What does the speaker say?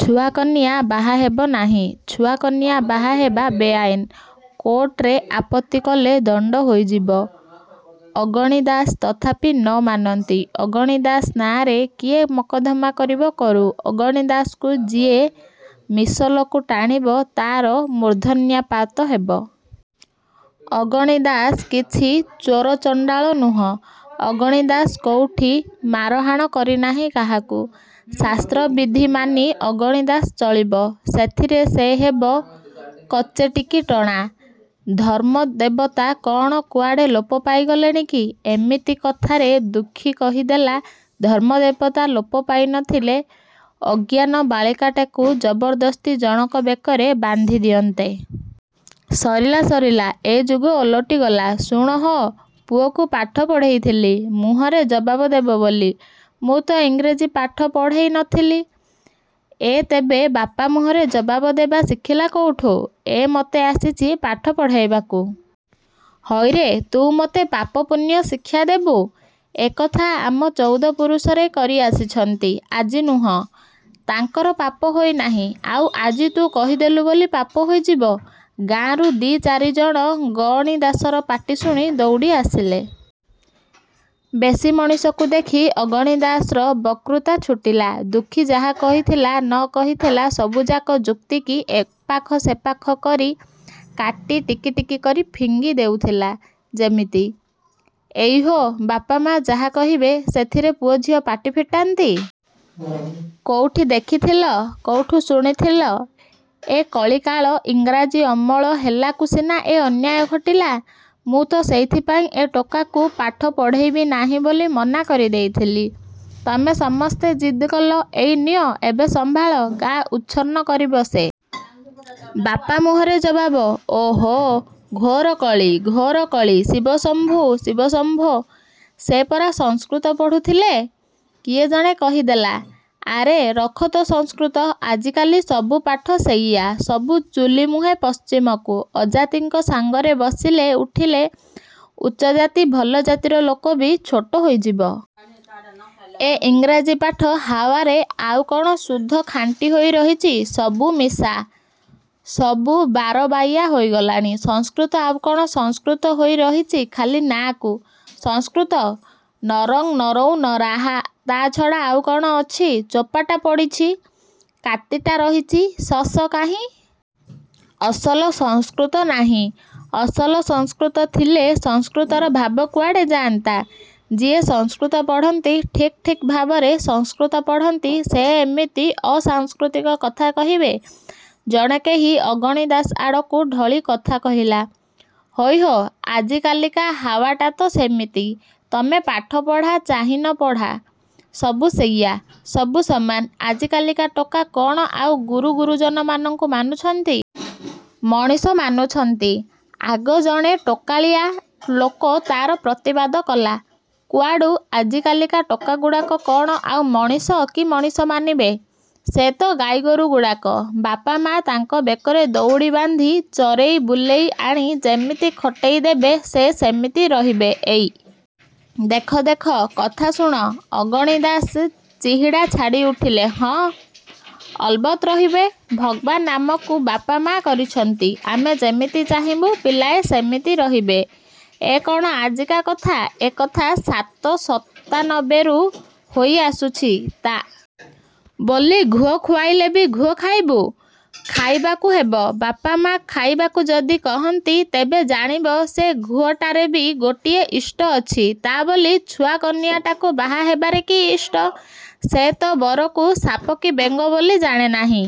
ଛୁଆ କନିଆ ବାହା ହେବ ନାହିଁ। ଛୁଆ କନିଆ ବାହା ହେବା ବେଆଇନ। କୋର୍ଟରେ ଆପତ୍ତି କଲେ ଦଣ୍ଡ ହୋଇଯିବ। ଅଗଣି ଦାଶ ତଥାପି ନ ମାନନ୍ତି। ଅଗଣି ଦାଶ ନାଆଁରେ କିଏ ମକଦ୍ଦମା କରିବ କରୁ। ଅଗଣି ଦାଶକୁ ଯିଏ ମିସଲକୁ ଟାଣିବ ତା' ମୂର୍ଦ୍ଧନ୍ୟାପାତ ହେବ। ଅଗଣି ଦାଶ କିଛି ଚୋର ଚଣ୍ଡାଳ ନୁହେଁ। ଅଗଣି ଦାଶ କୋଉଠି ମାରହାଣ କରିନାହିଁ କାହାକୁ। ଶାସ୍ତ୍ର ବିଧି ମାନି ଅଗଣି ଦାଶ ଚଳିବ, ସେଥିରେ ସେ ହେବ କଚେରିକି ଟଣା? ଧର୍ମଦେବତା କ'ଣ କୁଆଡ଼େ ଲୋପ ପାଇଗଲେଣି କି?ଏମିତି କଥାରେ ଦୁଃଖୀ କହିଦେଲା "ଧର୍ମଦେବତା ଲୋପ ପାଇ ନଥିଲେ ଅଜ୍ଞାନ ବାଳିକାଟାକୁ ଜବରଦସ୍ତି ଜଣକ ବେକରେ ବାନ୍ଧି ଦିଅନ୍ତେ। ସରିଗଲା, ସରିଗଲା, ଏ ଯୁଗ ଓଲଟିଗଲା। ଶୁଣ ହୋ, ପୁଅକୁ ପାଠ ପଢ଼େଇଥିଲି, ମୁହଁରେ ଜବାବ ଦେବ ବୋଲି। ମୁଁ ତ ଇଂରାଜୀ ପାଠ ପଢ଼େଇ ନଥିଲି, ଏ ତେବେ ବାପ ମୁହଁରେ ଜବାବ ଦେବା ଶିଖିଲା କେଉଁଠୁ? ଏ ମୋତେ ଆସିଛି ପାଠ ପଢ଼େଇବାକୁ। ହଇରେ, ତୁ ମୋତେ ପାପ ପୁଣ୍ୟ ଶିକ୍ଷା ଦେବୁ? ଏକଥା ଆମ ଚଉଦ ପୁରୁଷରେ କରି ଆସିଛନ୍ତି, ଆଜି ନୁହେଁ। ତାଙ୍କର ପାପ ହୋଇନାହିଁ, ଆଉ ଆଜି ତୁ କହିଦେଲୁ ବୋଲି ପାପ ହୋଇଯିବ। ଗାଁରୁ ଦି' ଚାରିଜଣ ଅଗଣି ଦାଶର ପାଟି ଶୁଣି ଦଉଡ଼ି ଆସିଲେ। ବେଶି ମଣିଷଙ୍କୁ ଦେଖି ଅଗଣି ଦାଶର ବକ୍ତୃତା ଛୁଟିଲା। ଦୁଃଖୀ ଯାହା କହିଥିଲା, ନ କହିଥିଲା ସବୁଯାକ ଯୁକ୍ତିକି ଏପାଖ ସେପାଖ କରି କାଟି ଟିକିଟିକି କରି ଫିଙ୍ଗି ଦେଉଥିଲା ଯେମିତି" ହଇ ହୋ, ବାପ ମା' ଯାହା କହିବେ, ସେଥିରେ ପୁଅ ଝିଅ ପାଟି ଫିଟାନ୍ତି? କୋଉଠି ଦେଖିଥିଲ? କୋଉଠି ଶୁଣିଥିଲ? ଏ କଳିକାଳ ଇଂରାଜୀ ଅମଳ ହେଲାକୁ ସିନା ଏ ଅନ୍ୟାୟ ଘୋଟିଲା। ମୁଁ ତ ସେଇଥିପାଇଁ ଏ ଟୋକାକୁ ପାଠ ପଢ଼େଇବି ନାହିଁ ବୋଲି ମନା କରିଦେଇଥିଲି। ତମେ ସମସ୍ତେ ଜିଦ୍ କଲ, ଏଇ ନିଅ, ଏଥର ସମ୍ଭାଳ। ଗାଁ ଉଚ୍ଛନ୍ନ କରିବ ସେ। ବାପ ମୁହଁରେ ଜବାବ। ଓହୋ, ଘୋର କଳି, ଘୋର କଳି, ଶିବ ଶମ୍ଭୋ, ଶିବ ଶମ୍ଭୋ।"ସେ ପରା ସଂସ୍କୃତ ପଢ଼ୁଥିଲେ!" କିଏ ଜଣେ କହିଦେଲା। ଆରେ ରଖ ତୋ ସଂସ୍କୃତ। ଆଜିକାଲି ସବୁ ପାଠ ସେଇୟା, ସବୁ ଚୁଲି ମୁହଁ ପଶ୍ଚିମକୁ, ଅଜାତିଙ୍କ ସାଙ୍ଗରେ ବସିଲେ ଉଠିଲେ ଉଚ୍ଚ ଜାତି ଭଲ ଜାତିର ଲୋକବି ଛୋଟ ହୋଇଯିବ। ଏ ଇଂରାଜୀ ପାଠ ହାୱାରେ ଆଉ କ'ଣ ଶୁଦ୍ଧ ଖାଣ୍ଟି ହୋଇ ରହିଛି? ସବୁ ମିଶା, ସବୁ ବାରବାଇଆ ହୋଇଗଲାଣି। ସଂସ୍କୃତ ଆଉ କ'ଣ ସଂସ୍କୃତ ହୋଇଅଛି? ଖାଲି ନାଆଁକୁ? ସଂସ୍କୃତ, ନରଃ ନରୌ ନରାଃ, ତା' ଛଡ଼ା ଆଉ ଅଛି କ'ଣ? ଚୋପାଟା ପଡ଼ିଛି, କାତିଟା ରହିଛି, ଶଶ କାହିଁ? ଅସଲ ସଂସ୍କୃତ ନାହିଁ, ଅସଲ ସଂସ୍କୃତ ଥିଲେ ସଂସ୍କୃତର ଭାବ କୁଆଡ଼େ ଯାଆନ୍ତା। ଯିଏ ସଂସ୍କୃତ ପଢ଼ନ୍ତି, ଠିକ୍ ଠିକ୍ ଭାବରେ ସଂସ୍କୃତ ପଢ଼ନ୍ତି ସେ ଏମିତି ଅସଂସ୍କୃତିଆ କଥା କହିବେ!"ଜଣେ କେହି ଅଗଣି ଦାଶ ଆଡ଼କୁ ଢଳି କଥା କହିଲା "ହଇ ହୋ, ଆଜିକାଲିକା ହାୱାଟା ତ ସେମିତି, ତେମେ ପାଠ ପଢ଼ା, ଚାହିଁନ ପଢ଼ା, ସବୁ ସେଇୟା, ସବୁ ସମାନ, ଆଜିକାଲିକା ଟୋକା କ'ଣ ଆଉ ଗୁରୁ ଗୁରୁଜନଙ୍କୁ ମାନୁଛନ୍ତି? ମଣିଷ ମାନୁଛନ୍ତି ଆଗ ଜଣେ ଟୋକାଳିଆ ଲୋକ ତା'ର ପ୍ରତିବାଦ କଲା "କୁଆଡ଼ୁ, ଆଜିକାଲିକା ଟୋକାଗୁଡ଼ାକ କ'ଣ ଆଉ ମଣିଷ କି ମଣିଷ ମାନିବେ। ସେ ତ ଗାଈ ଗୋରୁଗୁଡ଼ାକ। ବାପ ମା' ତାଙ୍କ ବେକରେ ଦଉଡ଼ି ବାନ୍ଧି ଚରେଇ ବୁଲେଇ ଆଣି ଯେମିତି ଖଟେଇ ଦେବେ ସେ ସେମିତି ରହିବେ। ଏଇ ଦେଖ ଦେଖ, କଥା ଶୁଣ। ଅଗଣି ଦାଶ ଚିହିଡ଼ା ଛାଡ଼ି ଉଠିଲେ ହଁ, ଅଲବତ୍ ରହିବେ। ଭଗବାନ୍ ଆମକୁ ବାପ ମା' କରିଛନ୍ତି, ଆମେ ଯେମିତି ଚାହିଁବୁ ପିଲାଏ ସେମିତି ରହିବେ। ଏ କ'ଣ ଆଜିକା କଥା? ଏ କଥା ସାତ ସତାନବେରୁ ହୋଇ ଆସୁଛି। ତା' ବୋଲି ଘୁଅ ଖୋଇଲେବି ଗୁହ ଖାଇବୁ? ଖାଇବାକୁ ହେବ। ବାପ ମା' ଖାଇବାକୁ ଯଦି କହନ୍ତି, ତେବେ ଜାଣିବ ଯେ ସେ ଗୁହରେବି ଗୋଟେ ଇଷ୍ଟ ଅଛି।"ତା' ବୋଲି ଛୁଆ କନିଆଟାକୁ ବାହା ହେବାରେ କି ଇଷ୍ଟ, ସେ ତ ବରକୁ ସାପ କି ବେଙ୍ଗ ବୋଲି ଜାଣେ ନାହିଁ।